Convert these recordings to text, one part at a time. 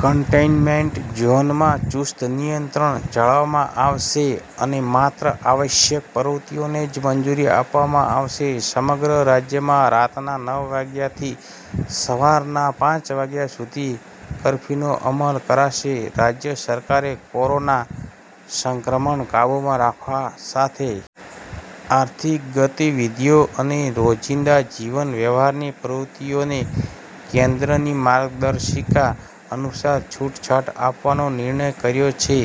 Containment ઝોનમાં ચુસ્ત નિયંત્રણ જાળવવામાં આવશે અને માત્ર આવશ્યક પ્રવૃત્તિઓને જ મંજૂરી આપવામાં આવશે સમગ્ર રાજ્યમાં રાતના નવ વાગ્યાથી સવારના પાંચ વાગ્યા સુધી કરફ્યુનો અમલ કરાશે રાજ્ય સરકારે કોરોના સંક્રમણ કાબૂમાં રાખવા સાથે આર્થિક ગતિવિધિઓ અને રોજિંદા જીવન વ્યવહારની પ્રવૃત્તિઓને કેન્દ્રની માર્ગદર્શિકા અનુસાર છૂટછાટ આપવાનો નિર્ણય કર્યો છે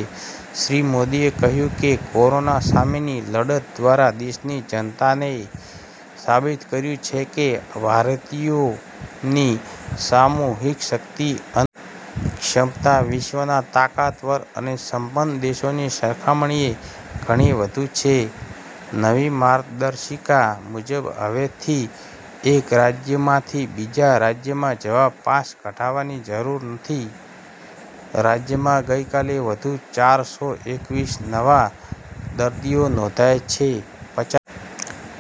શ્રી મોદીએ કહ્યું કે કોરોના સામેની લડત દ્વારા દેશની જનતાએ સાબિત કર્યું છે કે ભારતીયોની સામૂહિક શક્તિ અને ક્ષમતા વિશ્વના તાકાતવર અને સંપન્ન દેશોની સરખામણીએ ઘણી વધુ છે નવી માર્ગદર્શિકા મુજબ હવેથી એક રાજ્યમાંથી બીજા રાજ્યમાં જવા પાસ કઢાવવાની જરૂર નથી રાજ્યમાં ગઈકાલે વધુ ચારસો એકવીસ નવા દર્દીઓ નોંધાયા છે પચાસ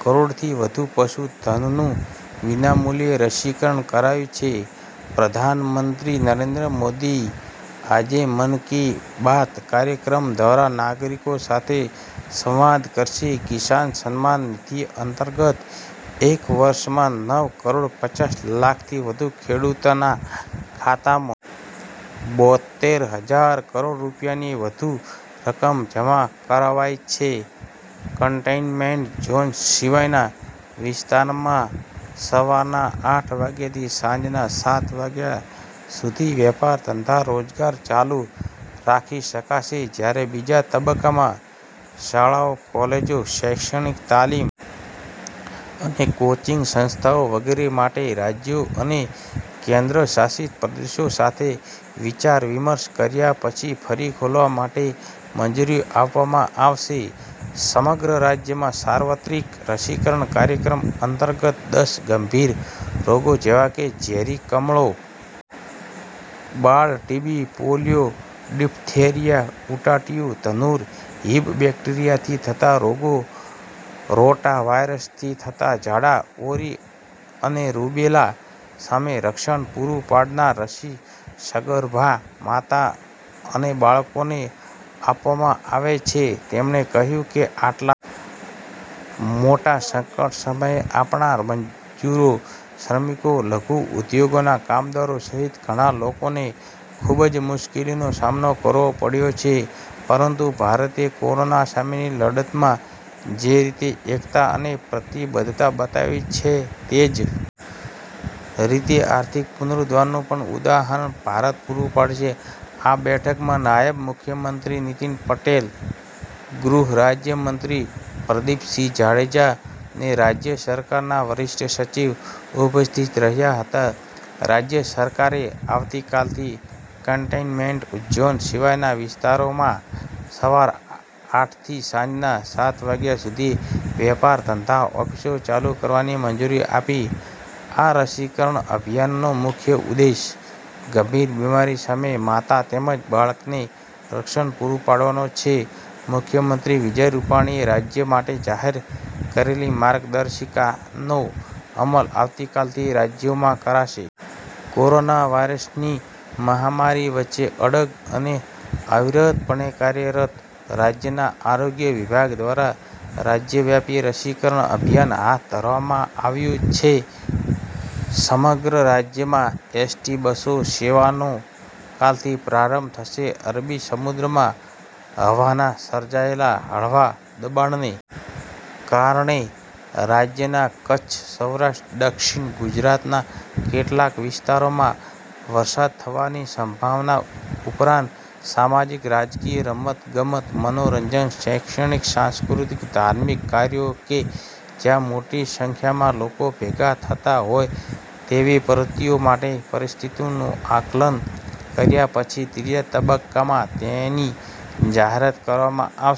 કરોડથી વધુ પશુધનનું વિનામૂલ્યે રસીકરણ કરાયું છે પ્રધાનમંત્રી નરેન્દ્ર મોદી આજે મન કી બાત કાર્યક્રમ દ્વારા નાગરિકો સાથે સંવાદ કરશે કિસાન સન્માન નિધિ અંતર્ગત એક વર્ષમાં નવ કરોડ પચાસ લાખથી વધુ ખેડૂતોના ખાતામાં બોતેર હજાર કરોડ રૂપિયાથી વધુ રકમ જમા કરાવાઇ છે કન્ટેઈનમેન્ટ ઝોન સિવાયના વિસ્તારમાં સવારના આઠ વાગ્યાથી સાંજના સાત વાગ્યા સુધી વેપાર ધંધા રોજગાર ચાલુ રાખી શકાશે જ્યારે બીજા તબક્કામાં શાળાઓ કોલેજો શૈક્ષણિક તાલીમ અને કોચિંગ સંસ્થાઓ વગેરે માટે રાજ્યો અને કેન્દ્ર શાસિત પ્રદેશો સાથે વિચારવિમર્શ કર્યા પછી ફરી ખોલવા માટે મંજૂરી આપવામાં આવશે સમગ્ર રાજ્યમાં સાર્વત્રિક રસીકરણ કાર્યક્રમ અંતર્ગત દસ ગંભીર રોગો જેવા કે ઝેરી કમળો બાળ ટીબી પોલિયો ડિફ્થેરિયા ઉટાટિયું ધનુર હિબ બેક્ટેરિયાથી થતા રોગો રોટા વાયરસથી થતા ઝાડા ઓરી અને રૂબેલા સામે રક્ષણ પૂરું પાડનાર રસી સગર્ભા માતા અને બાળકોને આપવામાં આવે છે તેમણે કહ્યું કે આટલા મોટા સંકટ સમયે આપણા મજૂરો શ્રમિકો લઘુ ઉદ્યોગોના કામદારો સહિત ઘણા લોકોને ખૂબ જ મુશ્કેલીનો સામનો કરવો પડ્યો છે પરંતુ ભારતે કોરોના સામેની લડતમાં જે રીતે એકતા અને પ્રતિબદ્ધતા બતાવી છે તે જ રીતે આર્થિક પુનરુદ્ધારનું પણ ઉદાહરણ ભારત પૂરું પાડશે આ બેઠકમાં નાયબ મુખ્યમંત્રી નીતિન પટેલ ગૃહ રાજ્યમંત્રી પ્રદીપસિંહ જાડેજા અને રાજ્ય સરકારના વરિષ્ઠ સચિવ ઉપસ્થિત રહ્યા હતા રાજ્ય સરકારે આવતીકાલથી કન્ટેઈનમેન્ટ ઝોન સિવાયના વિસ્તારોમાં સવાર આઠથી સાંજના સાત વાગ્યા સુધી વેપાર ધંધા ઓફિસો ચાલુ કરવાની મંજૂરી આપી આ રસીકરણ અભિયાનનો મુખ્ય ઉદ્દેશ ગંભીર બીમારી સામે માતા તેમજ બાળકને રક્ષણ પૂરું પાડવાનો છે મુખ્યમંત્રી વિજય રૂપાણીએ રાજ્ય માટે જાહેર કરેલી માર્ગદર્શિકાનો અમલ આવતીકાલથી રાજ્યોમાં કરાશે. કોરોના વાયરસની મહામારી વચ્ચે અડગ અને અવિરતપણે કાર્યરત રાજ્યના આરોગ્ય વિભાગ દ્વારા રાજ્યવ્યાપી રસીકરણ અભિયાન હાથ ધરવામાં આવ્યું છે સમગ્ર રાજ્યમાં એસટી બસો સેવાનો કાલથી પ્રારંભ થશે અરબી સમુદ્રમાં હવાના સર્જાયેલા હળવા દબાણને કારણે રાજ્યના કચ્છ સૌરાષ્ટ્ર દક્ષિણ ગુજરાતના કેટલાંક વિસ્તારોમાં વરસાદ થવાની સંભાવના ઉપરાંત સામાજિક રાજકીય રમત ગમત મનોરંજન શૈક્ષણિક સાંસ્કૃતિક ધાર્મિક કાર્યો કે જ્યાં મોટી સંખ્યામાં લોકો ભેગા થતાં હોય તેવી પ્રવૃત્તિઓ માટે પરિસ્થિતિનું આકલન કર્યા પછી ત્રીજા તબક્કામાં તેની જાહેરાત કરવામાં આવશે